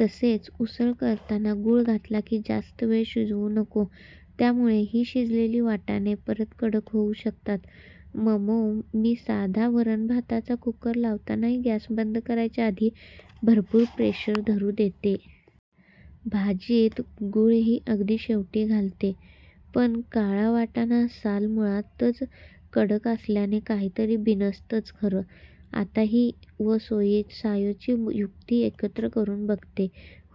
तसेच उसळ करताना गूळ घातला की जास्त वेळ शिजवू नको. त्यामुळे ही शिजलेले वाटाणे परत कडक होऊ शकतात. ममो, मी साधा वरण भाताचा कूकर लावतानाही गॅस बंद करायच्या आधी भरपूर प्रेशर धरू देते. भाजीत गूळही अगदी शेवटी घालते. पण काळा वाटाणा साल मुळातच कडक असल्याने काहितरी बिनसतंय खरं. आता ही व सायोची युक्ती एकत्र करून बघते.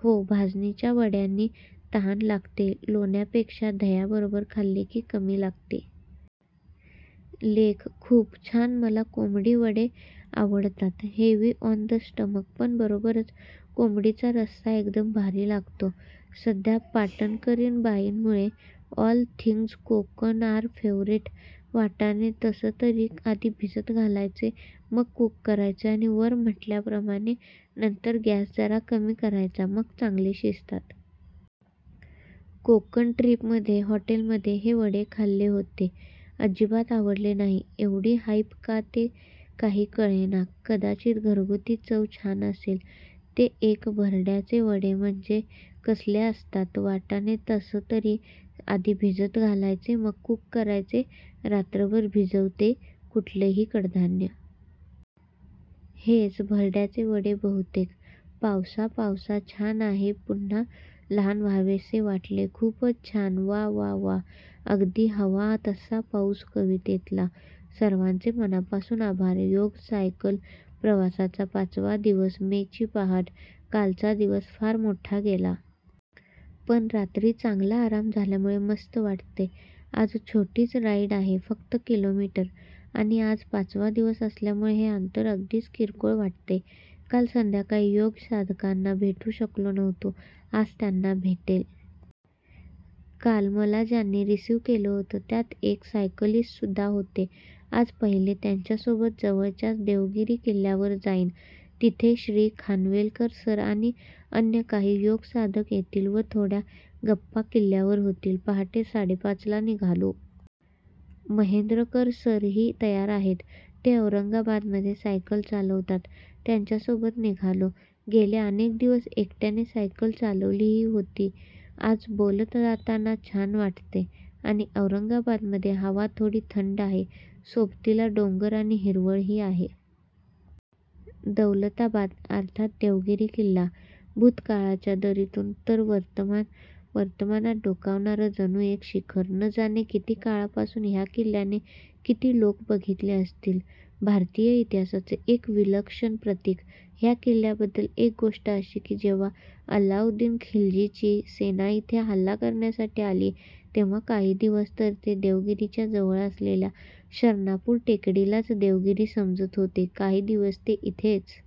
हो भाजणीच्या वड्यांनी तहान लागते. लोण्यापेक्षा दह्याबरोबर खाल्ले की कमी लागते. लेख खूप छान️मला कोम्ब्डी वडे आव डतात. हेवी ऑन द स्टमक पण बरोबरच कोंबडीचा रस्सा एकदम भारी लागतो. सध्या पाटण करीण बाईं मुळे all things Konkan are favourite. वाटाणे तास तरी आधी भिजत घालायचे मग कूक करायचे, आणि वर म्हटल्याप्रमाणे नंतर गॅस जरा कमी करायचा, मग चांगले शिजतात. कोकण ट्रिप मध्ये हॉटेलमध्ये हे वडे खाल्ले होते, अजिबात आवडले नाही. एवढी हाईप का ते काही कळेना! कदाचित घरगुती चव छान असेल. ते एक भरड्याचे वडे म्हणजे कसले असतात? वाटाणे तास तरी आधी भिजत घालायचे मग कूक करायचे रात्रभर भिजवते कुठलंही कडधान्य. हेच भरड्याचे वडे बहुतेक. पावसा पावसाछान आहेपुन्हा लहान व्हावेसे वाटलेखुपच छानवा वा वा अगदी हव्वा तस्सा पाऊस कवितेतला. सर्वांचे मनापासून आभार. योग- सायकल प्रवासाचा पाचवा दिवस, मे ची पहाट. कालचा दिवस फार मोठा गेला. पण रात्री चांगला आराम झाल्यामुळे मस्त वाटतंय. आज छोटीच राईड आहे- फक्त किलोमीटर. आणि आज पाचवा दिवस असल्यामुळे हे अंतर अगदीच किरकोळ वाटतंय. काल संध्याकाळी योग साधकांना भेटू शकलो नव्हतो. आज त्यांना भेटेन. काल मला ज्यांनी रिसीव्ह केलं होतं त्यात एक सायकलिस्टसुद्धा होते. आज पहिले त्यांच्यासोबत जवळच्याच देवगिरी किल्ल्यावर जाईन. तिथे श्री. खानवेलकर सर आणि अन्य काही योग साधक येतील व थोड्या गप्पा किल्ल्यावर होतील. पहाटे साडेपाचला निघालो. महेंद्रकर सरही तयार आहेत. ते औरंगाबादमध्ये सायकल चालवतात. त्यांच्यासोबत निघालो. गेले अनेक दिवस एकट्याने सायकल चालवली होती. आज बोलत जाताना छान वाटतंय. आणि औरंगाबादमध्ये हवा थोडी थंड आहे, सोबतीला डोंगर आणि हिरवळही आहे. दौलताबाद अर्थात् देवगिरी किल्ला! भूतकाळाच्या दरीतून वर वर्तमानात डोकावणारं जणू एक शिखर! न जाणे किती काळापासून ह्या किल्ल्याने किती लोक बघितले असतील! भारतीय इतिहासाचं एक विलक्षण प्रतिक! ह्या किल्ल्याबद्दल एक गोष्ट अशी की, जेव्हा अल्लाउद्दीन खिलजीची सेना इथे हल्ला करण्यासाठी आली, तेव्हा काही दिवस तर ते देवगिरीच्या जवळ असलेल्या शरणापूर टेकडीलाच देवगिरी समजत होते! काही दिवस ते इथेच